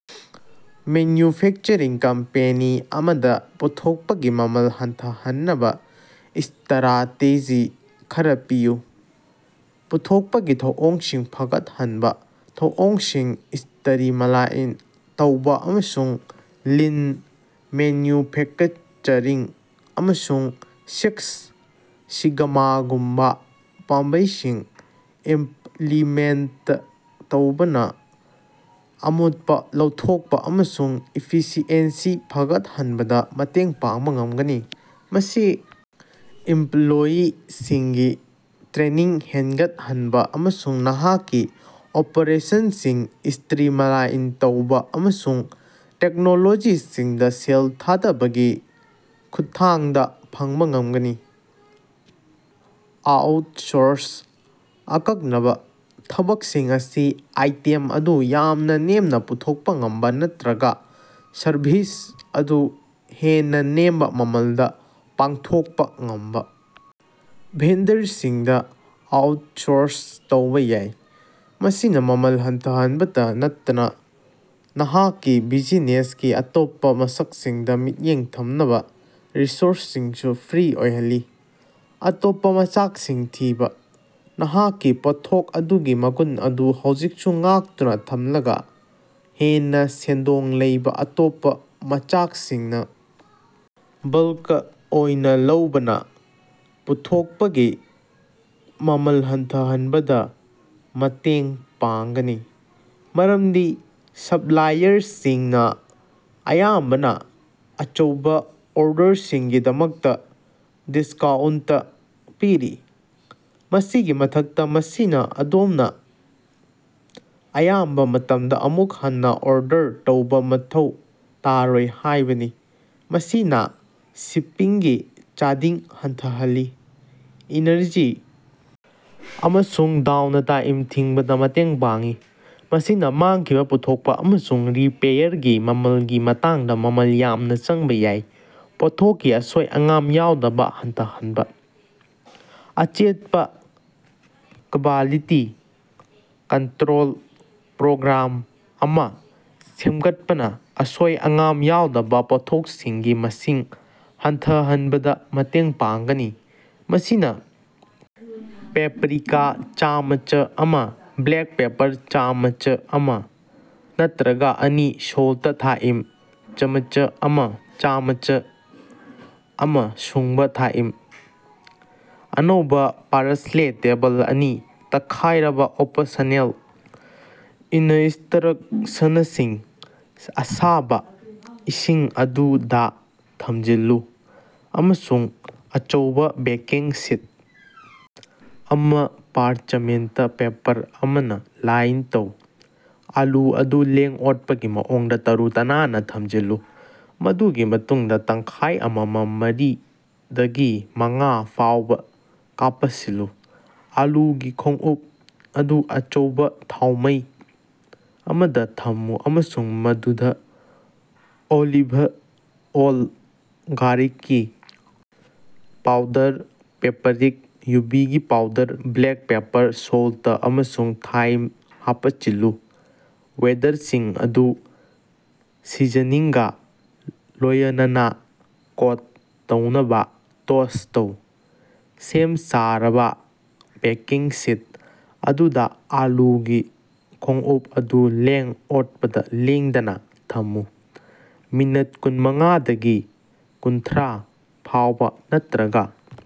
Manufacturing company ꯑꯃꯗ ꯄꯨꯊꯣꯛꯄꯒꯤ ꯃꯃꯜ ꯍꯟꯊꯍꯟꯅꯕ ꯁ꯭ꯇꯔꯥꯇꯦꯖꯤ ꯈꯔ ꯄꯤꯌꯨ꯫ ꯄꯨꯊꯣꯛꯄꯒꯤ ꯊꯧꯑꯣꯡꯁꯤꯡ ꯐꯒꯠꯍꯟꯕ: ꯊꯧꯑꯣꯡꯁꯤꯡ ꯁ꯭ꯇꯔꯤꯃꯂꯥꯏꯟ ꯇꯧꯕ ꯑꯃꯁꯨꯡ ꯂꯤꯟ ꯃꯦꯟꯌꯨꯐꯦꯀꯆꯔꯤꯡ ꯑꯃꯁꯨꯡ ꯁꯤꯛꯁ ꯁꯤꯒꯃꯥꯒꯨꯝꯕꯥ ꯄꯥꯝꯕꯩꯁꯤꯡ ꯏꯝꯞꯂꯤꯃꯦꯟꯇ ꯇꯧꯕꯅ ꯑꯃꯣꯠꯄ ꯂꯧꯊꯣꯛꯄ ꯑꯃꯁꯨꯡ ꯏꯐꯤꯁꯤꯑꯦꯟꯁꯤ ꯐꯒꯠꯍꯟꯕꯗ ꯃꯇꯦꯡ ꯄꯥꯡꯕ ꯉꯝꯒꯅꯤ꯫ ꯃꯁꯤ ꯏꯝꯞꯂꯣꯌꯤꯁꯤꯡꯒꯤ ꯇ꯭ꯔꯦꯅꯤꯡ ꯍꯦꯟꯒꯠꯍꯟꯕ ꯑꯃꯁꯨꯡ ꯅꯍꯥꯛꯀꯤ ꯑꯣꯄꯔꯦꯁꯟꯁꯤꯡ ꯁ꯭ꯇ꯭ꯔꯤꯃꯂꯥꯏꯟ ꯇꯧꯕ ꯑꯃꯁꯨꯡ ꯇꯦꯛꯅꯣꯂꯣꯖꯤꯁꯤꯡꯗ ꯁꯦꯜ ꯊꯥꯗꯕꯒꯤ ꯈꯨꯠꯊꯥꯡꯗ ꯐꯪꯕ ꯉꯝꯒꯅꯤ꯫ ꯑꯥꯎꯠꯁꯣꯔꯁ: ꯑꯀꯛꯅꯕ ꯊꯕꯛꯁꯤꯡ ꯑꯁꯤ ꯑꯥꯏꯇꯦꯝ ꯑꯗꯨ ꯌꯥꯝꯅ ꯅꯦꯝꯅ ꯄꯨꯊꯣꯛꯄ ꯉꯝꯕ ꯅꯠꯇ꯭ꯔꯒ ꯁꯔꯚꯤꯁ ꯑꯗꯨ ꯍꯦꯟꯅ ꯅꯦꯝꯕ ꯃꯃꯜꯗ ꯄꯥꯡꯊꯣꯛꯄ ꯉꯝꯕ ꯚꯦꯟꯗꯔꯁꯤꯡꯗ ꯑꯥꯎꯠꯁꯣꯔꯁ ꯇꯧꯕ ꯌꯥꯏ꯫ ꯃꯁꯤꯅ ꯃꯃꯜ ꯍꯟꯊꯍꯟꯕꯇ ꯅꯠꯇꯅ ꯅꯍꯥꯛꯀꯤ ꯕꯤꯖꯤꯅꯦꯁꯀꯤ ꯑꯇꯣꯞꯄ ꯃꯁꯛꯁꯤꯡꯗ ꯃꯤꯠꯌꯦꯡ ꯊꯝꯅꯕ ꯔꯤꯁꯣꯔꯁꯁꯤꯡꯁꯨ ꯐ꯭ꯔꯤ ꯑꯣꯏꯍꯜꯂꯤ꯫ ꯑꯇꯣꯞꯄ ꯃꯆꯥꯛꯁꯤꯡ ꯊꯤꯕ: ꯅꯍꯥꯛꯀꯤ ꯄꯣꯠꯊꯣꯛ ꯑꯗꯨꯒꯤ ꯃꯒꯨꯟ ꯑꯗꯨ ꯍꯧꯖꯤꯛꯁꯨ ꯉꯥꯛꯇꯨꯅ ꯊꯝꯂꯒ ꯍꯦꯟꯅ ꯁꯦꯟꯗꯣꯡ ꯂꯩꯕ ꯑꯇꯣꯞꯄ ꯃꯆꯥꯛꯁꯤꯡꯅ ꯕꯜꯀ ꯑꯣꯏꯅ ꯂꯧꯕꯅ ꯄꯨꯊꯣꯛꯄꯒꯤ ꯃꯃꯜ ꯍꯟꯊꯍꯟꯕꯗ ꯃꯇꯦꯡ ꯄꯥꯡꯒꯅꯤ꯫ ꯃꯔꯝꯗꯤ ꯁꯞꯂꯥꯏꯌꯔꯁꯤꯡꯅ ꯑꯌꯥꯝꯕꯅ ꯑꯆꯧꯕ ꯑꯣꯔꯗꯔꯁꯤꯡꯒꯤꯗꯃꯛꯇ ꯗꯤꯁꯀꯥꯎꯟꯇ ꯄꯤꯔꯤ꯫ ꯃꯁꯤꯒꯤ ꯃꯊꯛꯇ ꯃꯁꯤꯅ ꯑꯗꯣꯝꯅ ꯑꯌꯥꯝꯕ ꯃꯇꯝꯗ ꯑꯃꯨꯛ ꯍꯟꯅ ꯑꯣꯔꯗꯔ ꯇꯧꯕ ꯃꯊꯧ ꯇꯥꯔꯣꯏ ꯍꯥꯏꯕꯅꯤ ꯃꯁꯤꯅꯥ ꯁꯤꯄꯤꯡꯒꯤ ꯆꯥꯗꯤꯡ ꯍꯟꯊꯍꯜꯂꯤ꯫ ꯏꯅꯔꯖꯤ ꯑꯃꯁꯨꯡ ꯗꯥꯎꯅꯇꯥꯏꯝ ꯊꯤꯡꯕꯗ ꯃꯇꯦꯡ ꯄꯥꯡꯏ꯫ ꯃꯁꯤꯅ ꯃꯥꯡꯈꯤꯕ ꯄꯨꯊꯣꯛꯄ ꯑꯃꯁꯨꯡ ꯔꯤꯄꯦꯌꯔꯒꯤ ꯃꯃꯜꯒꯤ ꯃꯇꯥꯡꯗ ꯃꯃꯜ ꯌꯥꯝꯅ ꯆꯪꯕ ꯌꯥꯏ꯫ꯄꯣꯠꯊꯣꯛꯀꯤ ꯑꯁꯣꯏ-ꯑꯉꯥꯝ ꯌꯥꯎꯗꯕ ꯍꯟꯊꯍꯟꯕ: ꯑꯆꯦꯠꯄ ꯀ꯭ꯕꯥꯂꯤꯇꯤ ꯀꯟꯇ꯭ꯔꯣꯜ ꯄ꯭ꯔꯣꯒ꯭ꯔꯥꯝ ꯑꯃ ꯁꯦꯝꯒꯠꯄꯅ ꯑꯁꯣꯏ-ꯑꯉꯥꯝ ꯌꯥꯎꯗꯕ ꯄꯣꯠꯊꯣꯛꯁꯤꯡꯒꯤ ꯃꯁꯤꯡ ꯍꯟꯊꯍꯟꯕꯗ ꯃꯇꯦꯡ ꯄꯥꯡꯒꯅꯤ꯫ ꯃꯁꯤꯅ ꯄꯦꯄ꯭ꯔꯤꯀꯥ ꯆꯥꯃꯆ ꯑꯃ ꯕ꯭ꯂꯦꯛ ꯄꯦꯄꯔ ꯆꯥꯃꯆ ꯑꯃ ꯅꯠꯇ꯭ꯔꯒ ꯑꯅꯤ ꯁꯣꯜꯇ ꯊꯥꯏꯝ ꯆꯃꯆ ꯑꯃ ꯆꯥꯃꯆ ꯑꯃ ꯁꯨꯡꯕ ꯊꯥꯏꯝ꯫ -ꯑꯅꯧꯕ ꯄꯥꯔꯁꯂꯦ ꯇꯦꯕꯜ ꯑꯅꯤ ꯇꯛꯈꯥꯏꯔꯕ (ꯑꯣꯄꯁꯅꯦꯜ) ꯏꯅꯁ꯭ꯇꯔꯛꯁꯅꯁꯤꯡ: ꯑꯁꯥꯕꯥ ꯏꯁꯤꯡ ꯑꯗꯨ ꯗꯥ ꯊꯝꯖꯤꯜꯂꯨ ꯑꯃꯁꯨꯡ ꯑꯆꯧꯕ ꯕꯦꯀꯤꯡ ꯁꯤꯠ ꯑꯃ ꯄꯥꯔꯆꯃꯦꯟꯇ ꯄꯦꯄꯔ ꯑꯃꯅ ꯂꯥꯏꯟ ꯇꯧ꯫ ꯑꯥꯂꯨ ꯑꯗꯨ ꯂꯦꯡ-ꯑꯣꯠꯄꯒꯤ ꯃꯑꯣꯡꯗ ꯇꯔꯨ-ꯇꯅꯥꯟꯅ ꯊꯝꯖꯤꯜꯂꯨ꯫ ꯃꯗꯨꯒꯤ ꯃꯇꯨꯡꯗ ꯇꯪꯈꯥꯏ ꯑꯃꯃꯝ ꯃꯔꯤ ꯗꯒꯤ ꯃꯉꯥ ꯐꯥꯎꯕ ꯀꯥꯄꯁꯤꯜꯂꯨ꯫ ꯑꯥꯂꯨꯒꯤ ꯈꯣꯡꯎꯞ ꯑꯗꯨ ꯑꯆꯧꯕ ꯊꯥꯎꯃꯩ ꯑꯃꯗ ꯊꯝꯃꯨ ꯑꯃꯁꯨꯡ ꯃꯗꯨꯗ ꯑꯣꯂꯤꯚ ꯑꯣꯜ, ꯒꯥꯔꯤꯛꯀꯤ ꯄꯥꯎꯗꯔ, ꯄꯦꯄꯔꯤꯛ, ꯌꯨꯕꯤꯒꯤ ꯄꯥꯎꯗꯔ, ꯕ꯭ꯂꯦꯛ ꯄꯦꯄꯔ, ꯁꯣꯜꯇ ꯑꯃꯁꯨꯡ ꯊꯥꯏꯝ ꯍꯥꯄꯆꯤꯜꯂꯨ꯫ ꯋꯦꯗꯔꯁꯤꯡ ꯑꯗꯨ ꯁꯤꯖꯅꯤꯡꯒꯥ ꯂꯣꯌꯅꯅꯥ ꯀꯣꯠ ꯇꯧꯅꯕꯥ ꯇꯣꯁ ꯇꯧ꯫ ꯁꯦꯝ-ꯁꯥꯔꯕꯥ ꯕꯦꯀꯤꯡ ꯁꯤꯠ ꯑꯗꯨꯗꯥ ꯑꯥꯂꯨꯒꯤ ꯈꯣꯡꯎꯞ ꯑꯗꯨ ꯂꯦꯡ-ꯑꯣꯠꯄꯗ ꯂꯦꯡꯗꯅꯥ ꯊꯝꯃꯨ꯫ ꯃꯤꯅꯠ ꯀꯨꯟꯃꯉꯥꯗꯒꯤ ꯀꯨꯟꯊ꯭ꯔꯥ ꯐꯥꯎꯕ ꯅꯠꯇ꯭ꯔꯒ